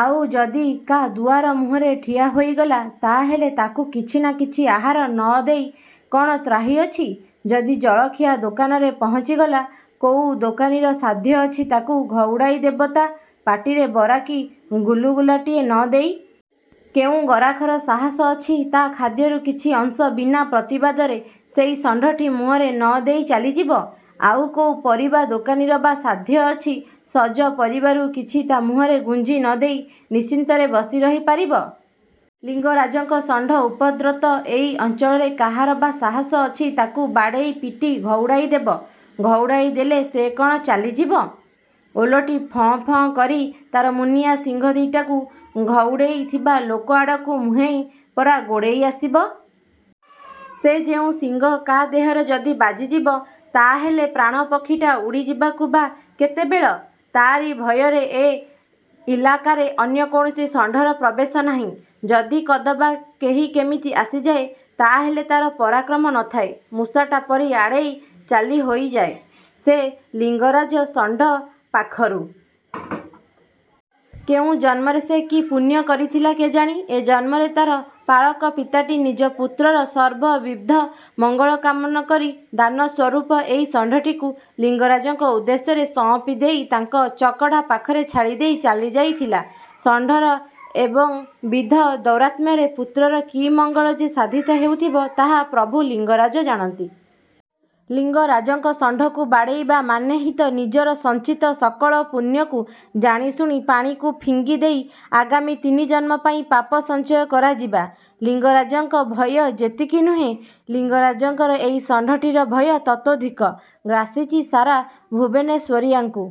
ଆଉ ଯଦି କା' ଦୁଆର ମୁହଁରେ ଠିଆ ହୋଇଗଲା ତା'ହେଲେ ତାକୁ କିଛି ନା କିଛି ଆହାର ନ ଦେଇ କ'ଣ ତ୍ରାହି ଅଛି? ଯଦି ଜଳଖିଆ ଦୋକାନରେ ପହଞ୍ଚି ଗଲା, କୋଉ ଦୋକାନୀର ସାଧ୍ୟ ଅଛି ତାକୁ ଘଉଡ଼ାଇ ଦେବ ତା'। ପାଟିରେ ବରା କି ଗୁଲୁଗୁଲାଟିଏ ନ ଦେଇ। କେଉଁ ଗରାଖର ସାହସ ଅଛି ତା' ଖାଦ୍ୟରୁ କିଛି ଅଂଶ ବିନା ପ୍ରତିବାଦରେ ସେଇ ଷଣ୍ଢଟି ମୁହଁରେ ନ ଦେଇ ଚାଲିଯିବ। ଆଉ କୋଉ ପରିବା ଦୋକାନୀର ବା ସାଧ୍ୟ ଅଛି ସଜ ପରିବାରୁ କିଛି ତା' ମୁହଁରେ ଗୁଞ୍ଜି ନ ଦେଇ ନିଶ୍ଚିନ୍ତରେ ବସି ରହି ପାରିବ? -ଲିଙ୍ଗରାଜଙ୍କ ଷଣ୍ଢ ଉପଦ୍ରୁତ ଏଇ ଅଞ୍ଚଳର କାହାର ବା ସାହସ ଅଛି ତାକୁ ବାଡ଼େଇ ପିଟି ଘଉଡ଼ାଇ ଦେବ? ଘଉଡ଼ାଇ ଦେଲେ ସେ କ'ଣ ଚାଲିଯିବ? ଓଲଟି ଫଁ ଫଁ କରି ତା'ର ମୁନିଆ ଶିଙ୍ଗ ଦି'ଟାକୁ ଘଉଡ଼େଇ ଥିବା ଲୋକ ଆଡ଼କୁ ମୁହେଁଇ ପରା ଗୋଡ଼େଇ ଆସିବ! ସେ ଯେଉଁ ଶିଙ୍ଗ କା ଦେହରେ ଯଦି ବାଜିଯିବ ତା'ହେଲେ ପ୍ରାଣପକ୍ଷୀଟା ଉଡ଼ିଯିବାକୁ ବା କେତେବେଳ-? ତାରି ଭୟରେ ଏ ଇଲାକାରେ ଅନ୍ୟ କୌଣସି ଷଣ୍ଢର ପ୍ରବେଶ ନାହିଁ। ଯଦି କଦବା କେହି କେମିତି ଆସିଯାଏ, ତା'ହେଲେ ତା'ର ପରାକ୍ରମ ନଥାଏ, ମୂଷାଟା ପରି ଆଡ଼େଇ ହୋଇ ଚାଲିଯାଏ ସେ ଲିଙ୍ଗରାଜ ଷଣ୍ଢ ପାଖରୁ। କେଉଁ ଜନ୍ମରେ ସେ କି ପୁଣ୍ୟ କରିଥିଲା କେଜାଣି ଏ ଜନ୍ମରେ ତା'ର ପାଳକ ପିତାଟି ନିଜ ପୁତ୍ରର ସର୍ବବିଧ ମଙ୍ଗଳ କାମନା କରି ଦାନ ସ୍ୱରୂପ ଏଇ ଷଣ୍ଢଟିକୁ ଲିଙ୍ଗରାଜଙ୍କ ଉଦ୍ଦେଶ୍ୟରେ ସଅଁପି ଦେଇ ତାଙ୍କ ଚକଡ଼ା ପାଖରେ ଛାଡ଼ିଦେଇ ଚାଲି ଯାଇଥିଲା। ଷଣ୍ଢର ଏବଂବିଧ ଦୌରାତ୍ମ୍ୟରେ ପୁତ୍ରର କି ମଙ୍ଗଳ ଯେ ସାଧିତ ହେଉଥିବ ତାହା ପ୍ରଭୁ ଲିଙ୍ଗରାଜ ଜାଣନ୍ତି। ଲିଙ୍ଗରାଜଙ୍କ ଷଣ୍ଢକୁ ବାଡ଼େଇବା ମାନେ ହିଁ ତ ନିଜର ସଞ୍ଚିତ ସକଳ ପୁଣ୍ୟକୁ ଜାଣିଶୁଣି ପାଣିକୁ ଫିଙ୍ଗି ଦେଇ ଆଗାମୀ ତିନି ଜନ୍ମ ପାଇଁ ପାପ ସଞ୍ଚୟ କରାଯିବା। ଲିଙ୍ଗରାଜଙ୍କ ଭୟ ଯେତିକି ନୁହେଁ, ଲିଙ୍ଗରାଜଙ୍କର ଏଇ ଷଣ୍ଢଟିର ଭୟ ତତୋଽଧିକ ଗ୍ରାସିଛି ସାରା ଭୁବନେଶ୍ୱରିଆଙ୍କୁ।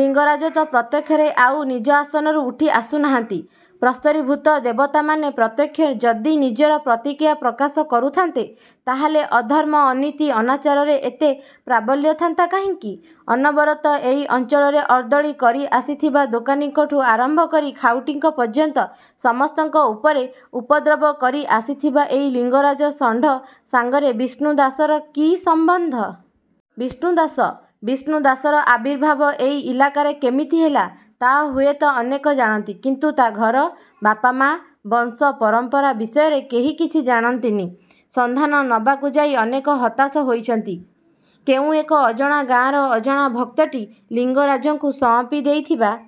ଲିଙ୍ଗରାଜ ତ ପ୍ରତ୍ୟକ୍ଷରେ ଆଉ ନିଜ ଆସନରୁ ଉଠି ଆସୁ ନାହାନ୍ତି। ପ୍ରସ୍ତରୀଭୂତ ଦେବତାମାନେ ପ୍ରତ୍ୟକ୍ଷ ଯଦି ନିଜର ପ୍ରତିକ୍ରିୟା ପ୍ରକାଶ କରୁଥାନ୍ତେ ତା'ହେଲେ ଅଧର୍ମ, ଅନୀତି, ଅନାଚାରର ଏତେ ପ୍ରାବଲ୍ୟ ଥାନ୍ତା କାହିଁକି? ଅନବରତ ଏଇ ଅଞ୍ଚଳରେ ଅର୍ଦ୍ଦଳି କରି ଆସିଥିବା ଦୋକାନୀଙ୍କଠୁଁ ଆରମ୍ଭ କରି ଖାଉଟିଙ୍କ ପର୍ଯ୍ୟନ୍ତ ସମସ୍ତଙ୍କ ଉପରେ ଉପଦ୍ରବ କରି ଆସିଥିବା ଏଇ ଲିଙ୍ଗରାଜ ଷଣ୍ଢ ସାଙ୍ଗରେ ବିଷ୍ଣୁ ଦାସର କି ସମ୍ବନ୍ଧ? ବିଷ୍ଣୁ ଦାସ! ବିଷ୍ଣୁ ଦାସର ଆବିର୍ଭାବ ଏଇ ଇଲାକାରେ କିମିତି ହେଲା ତା' ହୁଏତ ଅନେକ ଜାଣନ୍ତି; କିନ୍ତୁ ତା'ର ଘର, ବାପା ମାଆ, ବଂଶ ପରମ୍ପରା ବିଷୟରେ କେହି କିଛି ଜାଣନ୍ତିନି। ସନ୍ଧାନ ନେବାକୁ ଯାଇ ଅନେକ ହତାଶ ହୋଇଛନ୍ତି। କେଉଁ ଏକ ଅଜଣା ଗାଆଁର ଅଜଣା ଭକ୍ତଟି ଲିଙ୍ଗରାଜଙ୍କୁ ସଅଁପି ଦେଇଥିବା